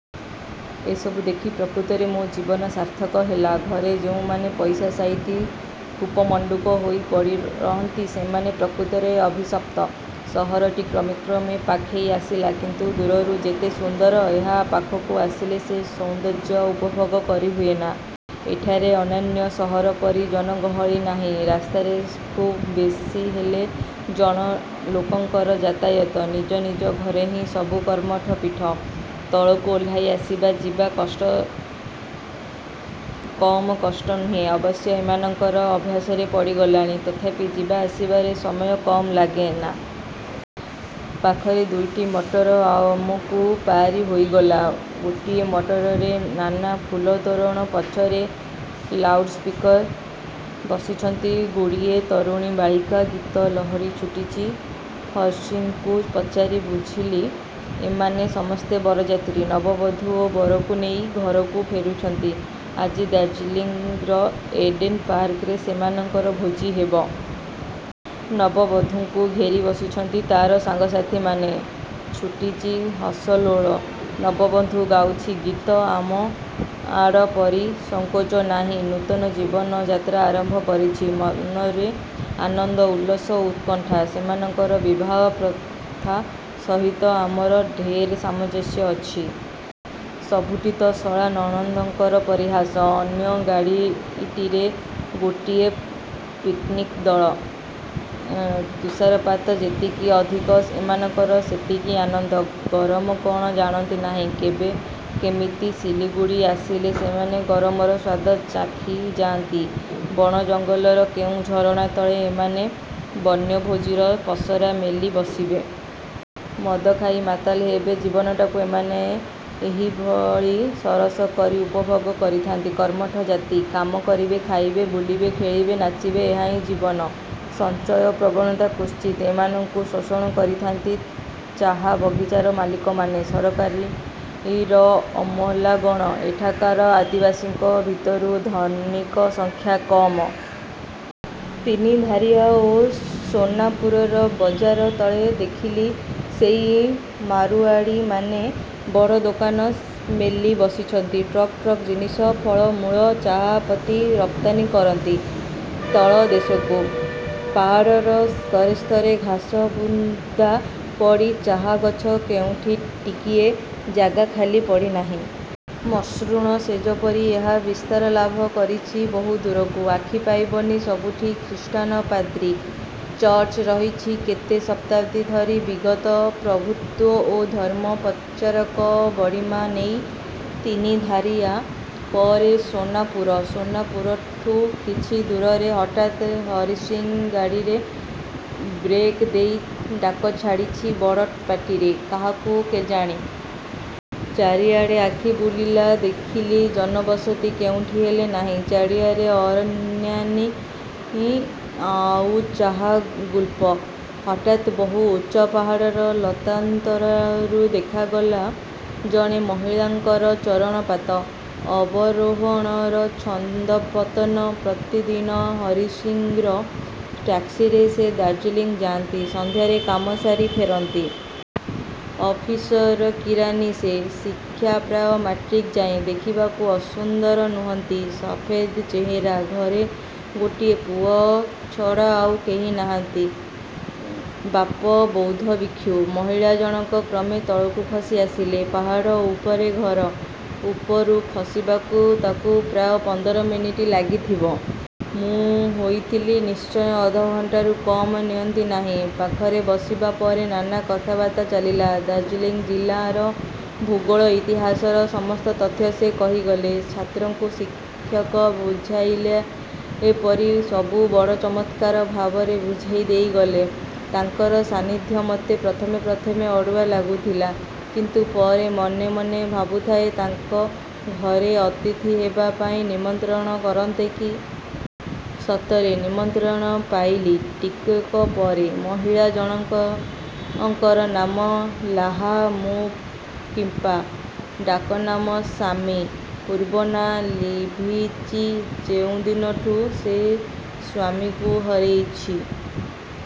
ଏସବୁ ଦେଖି ପ୍ରକୃତରେ ମୋ ଜୀବନ ସାର୍ଥକ ହେଲା। ଘରେ ଯେଉଁମାନେ ପଇସା ସାଇତି କୂପମଣ୍ଡୁକ ହୋଇ ପଡ଼ି ରହନ୍ତି, ସେମାନେ ପ୍ରକୃତରେ ଅଭିଶପ୍ତ। ସହରଟି କ୍ରମେ କ୍ରମେ ପାଖେଇ ଆସିଲା କିନ୍ତୁ ଦୂରରୁ ଯେତେ ସୁନ୍ଦର, ଏହାର ପାଖକୁ ଆସିଲେ ସେ ସୌନ୍ଦର୍ଯ୍ୟ ଉପଭୋଗ କରି ହୁଏନା। ଏଠାରେ ଅନ୍ୟାନ୍ୟ ସହର ପରି ଜନଗହଳି ନାହିଁ। ରାସ୍ତାରେ ଖୁବ୍ ବେଶୀ ହେଲେ। ଜଣ ଲୋକଙ୍କର ଯାତାୟାତ। ନିଜ ନିଜ ଘରହିଁ ସବୁ କର୍ମର ପୀଠ। ତଳକୁ ଓହ୍ଲାଇ ଆସିବା ଯିବା କମ୍ କଷ୍ଟ ନୁହେଁ। ଅବଶ୍ୟ ଏମାନଙ୍କର ଅଭ୍ୟାସରେ ପଡ଼ିଗଲାଣି; ତଥାପି ଯିବା ଆସିବାରେ ସମୟ କମ୍ ଲାଗେନା। ପାଖରେ ଦୁଇଟି ମଟର ଆମକୁ ପାରି ହୋଇଗଲେ। ଗୋଟିଏ ମଟରରେ। ନାନା ଫୁଲ ତୋରଣ। ପଛରେ ଲାଉଡସ୍ପିକର୍। ବସିଛନ୍ତି ଗୁଡ଼ିଏ ତରୁଣୀବାଳିକା। ଗୀତ ଲହରୀ ଛୁଟିଛି। ହରିସିଂକୁ ପଚାରି ବୁଝିଲି–ଏମାନେ ସମସ୍ତେ ବରଯାତ୍ରୀ। ନବବଧୁ ଓ ବରକୁ ନେଇ ଘରକୁ ଫେରୁଛନ୍ତି। ଆଜି ଦାର୍ଜିଲିଂର ଏଡେନ୍ ପାର୍କରେ ସେମାନଙ୍କର ଭୋଜି ହେବ। ନବବଧୂକୁ ଘେରି ବସିଛନ୍ତି ତାର ସାଙ୍ଗ ସାଥୀମାନେ ଛୁଟିଚି ହସରୋଳ। ନବବଧୁ ଗାଉଚି ଗୀତ। ଆମ ଆଡ ପରି ସଙ୍କୋଚ ନାହିଁ ନୂତନ ଜୀବନ ଯାତ୍ରା ଆରମ୍ଭ କରିଛି। ମନରେ ଆନନ୍ଦ ଉଲ୍ଲସ ଓ ଉତ୍କଣ୍ଠା। ସେମାନଙ୍କର ବିବାହ ପ୍ରଥା ସହିତ ଆମର ଢେର ସାମଞ୍ଜସ୍ୟ ଅଛି। ସବୁଠି ତ ଶଳା ନଣନ୍ଦଙ୍କର ପରିହାସ। ଅନ୍ୟ ଗାଡ଼ିଟିରେ ଗୋଟିଏ ପିକ୍ନିକ୍ ଦଳ। ତୁଷାରପାତ ଯେତିକି ଅଧିକ ଏମାନଙ୍କର ସେତିକି ଆନନ୍ଦ! ଗରମ କ'ଣ ଜାଣନ୍ତି ନାହିଁ। କେବେ କିମିତି ସିଲଗୁଡ଼ି ଆସିଲେ ସେମାନେ ଗରମର ସ୍ୱାଦୁ ଚାଖି ଯାଆନ୍ତି। ବଣ ଜଙ୍ଗଲର କେଉଁ ଝରଣା ତଳେ ଏମାନେ ବନ୍ୟଭୋଜୀର ପସରା ମେଲି ବସିବେ। ମଦ ଖାଇ ମାତାଲ ହେବେ। ଜୀବନଟାକୁ ଏମାନେ ଏହିଭଳି ସରସ କରି ଉପଭୋଗ କରିଥାଆନ୍ତି। କର୍ମଠ ଜାତି। କାମ କରିବେ, ଖାଇବେ–ବୁଲିବେ, ଖେଳିବେ, ନାଚିବେ–ଏହାହିଁ ଜୀବନ। ସଞ୍ଚୟ ପ୍ରବଣତା କ୍ୱଚିତ୍। ଏମାନଙ୍କୁ ଶୋଷଣ କରିଥାନ୍ତି ଚାହା ବଗିଚାର ମାଲିକମାନେ–ସରକାରୀର ଅମଲାଗଣ। ଏଠାକାର ଅଧିବାସୀଙ୍କ ଭିତରୁ ଧନୀକ ସଂଖ୍ୟା କମ୍। ତିନିଧାରିଆ ଓ ସୋନାପୁରର ବଜାର ତଳେ ଦେଖିଲି ସେଇ ମାରୁଆଡିମାନେ ବଡ଼ ଦୋକାନ ମେଲି ବସିଛନ୍ତି। ଟ୍ରକ ଟ୍ରକ ଜିନିଷ, ଫଳ-ମୂଳ, ଚାହା ପତି ରପ୍ତାନି କରନ୍ତି। ତଳ ଦେଶକୁ। ପାହାଡ଼ର ସ୍ତରେ ସ୍ତରେ ଘାସ ବୁଦା ପରି ଚାହା ଗଛ କେଉଁଠି ଟିକିଏ ଜାଗା ଖାଲି ପଡ଼ିନାହିଁ। ମସୃଣ ଶେଜ ପରି ଏହା ବିସ୍ତାର ଲାଭ କରିଚି ବହୁ ଦୂରକୁ। ଆଖି ପାଇବନି! ସବୁଠି ଖ୍ରୀଷ୍ଟାନ ପାଦ୍ରୀ। ଚର୍ଚ୍ଚ ରହିଚି କେତେ ଶତାବ୍ଦି ଧରି ବିଗତ ପ୍ରଭୃତ୍ୱ ଓ ଧର୍ମ ପ୍ରଚାରକ ବଡ଼ିମା ନେଇ-। ତିନି ଧାରିଆ ପରେ ସୋନାପୁର। ସୋନାପୁରଠୁ କିଛି ଦୂରରେ ହଠାତ୍ ହରିସିଂ ଗାଡ଼ିରେ ବ୍ରେକ୍ ଦେଇ ଡାକ ଛାଡ଼ିଛି ବଡ଼ ପାଟିରେ–କାହାକୁ କେଜାଣି। ଚାରିଆଡ଼େ ଆଖି ବୁଲାଇ ଦେଖିଲି ଜନବସତି କେଉଁଠି ହେଲେ ନାହିଁ। ଚାରିଆଡ଼େ ଅରଣ୍ୟାନୀ ଆଉ ଚାହା ଗୁଳ୍ମ। ହଠାତ୍ ବହୁ ଉଚ୍ଚ ପାହାଡ଼ର ଲତାନ୍ତରାଳରୁ ଦେଖାଗଲା ଜଣେ ମହିଳାଙ୍କର ଚରଣପାତ, ଅବରୋହଣର ଛନ୍ଦପତନ। ପ୍ରତିଦିନ ହରିସିଂର ଟାକ୍ସିରେ ସେ ଦାର୍ଜିଲିଂ ଯାଆନ୍ତି–ସନ୍ଧ୍ୟାରେ କାମ ସାରି ଫେରନ୍ତି-। ଅଫିସର କିରାନୀ ସେ। ଶିକ୍ଷା ପ୍ରାୟ ମାଟ୍ରିକ ଯାଏଁ। ଦେଖିବାକୁ ଅସୁନ୍ଦରୀ ନୁହନ୍ତି। ସଫେଦ୍ ଚେହେରା। ଘରେ ଗୋଟିଏ ପୁଅ ଛଡ଼ା ଆଉ କେହି ନାହିଁ। ବାପ ବୌଦ୍ଧ ଭିକ୍ଷୁ। ମହିଳା ଜଣକ କ୍ରମେ ତଳକୁ ଖସି ଆସିଲେ। ପାହାଡ଼ ଉପରେ ଘର। ଉପରୁ ଖସିବାକୁ ତାଙ୍କୁ ପ୍ରାୟ ପନ୍ଦର ମିନିଟ ଲାଗିଥିବ। ମୁଁ ହୋଇଥିଲେ ନିଶ୍ଚୟ ଅଧଘଣ୍ଟାକରୁ କମ୍ ନିଅନ୍ତି ନାହିଁ। ପାଖରେ ବସିବା ପରେ ନାନା କଥାବାର୍ତ୍ତା ଚାଲିଲା। ଦାର୍ଜିଲିଂ ଜିଲ୍ଲାର ଭୂଗୋଳ, ଇତିହାସର ସମସ୍ତ ତଥ୍ୟ ସେ କହିଗଲେ। ଛାତ୍ରକୁ ଶିକ୍ଷକ ବୁଝାଇଲେ ପରି ସବୁ ବଡ଼ ଚମତ୍କାର ଭାବରେ ବୁଝେଇ ଦେଇଗଲେ। ତାଙ୍କର ସାନ୍ନିଧ୍ୟ ମତେ ପ୍ରଥମେ ପ୍ରଥମେ ଅଡ଼ୁଆ ଲାଗୁଥିଲା; କିନ୍ତୁ ପରେ ମନେ ମନେ ଭାବୁଥାଏ ତାଙ୍କ ଘରେ ଅତିଥି ହେବା ପାଇଁ ନିମନ୍ତ୍ରଣ କରନ୍ତେ କି! ସତରେ ନିମନ୍ତ୍ରଣ ପାଇଲି ଟିକକ ପରେ। ମହିଳା ଜଣକଙ୍କର ନାମ ଲାହା-ମୁଁ-କିପା। ଡାକ ନାମ ଶାମ୍ମି। ପୂର୍ବ ନାଁ ଲିଭିଚି ଯେଉଁଦିନଠୁ ସେ ସ୍ୱାମୀକୁ ହରେଇଚି।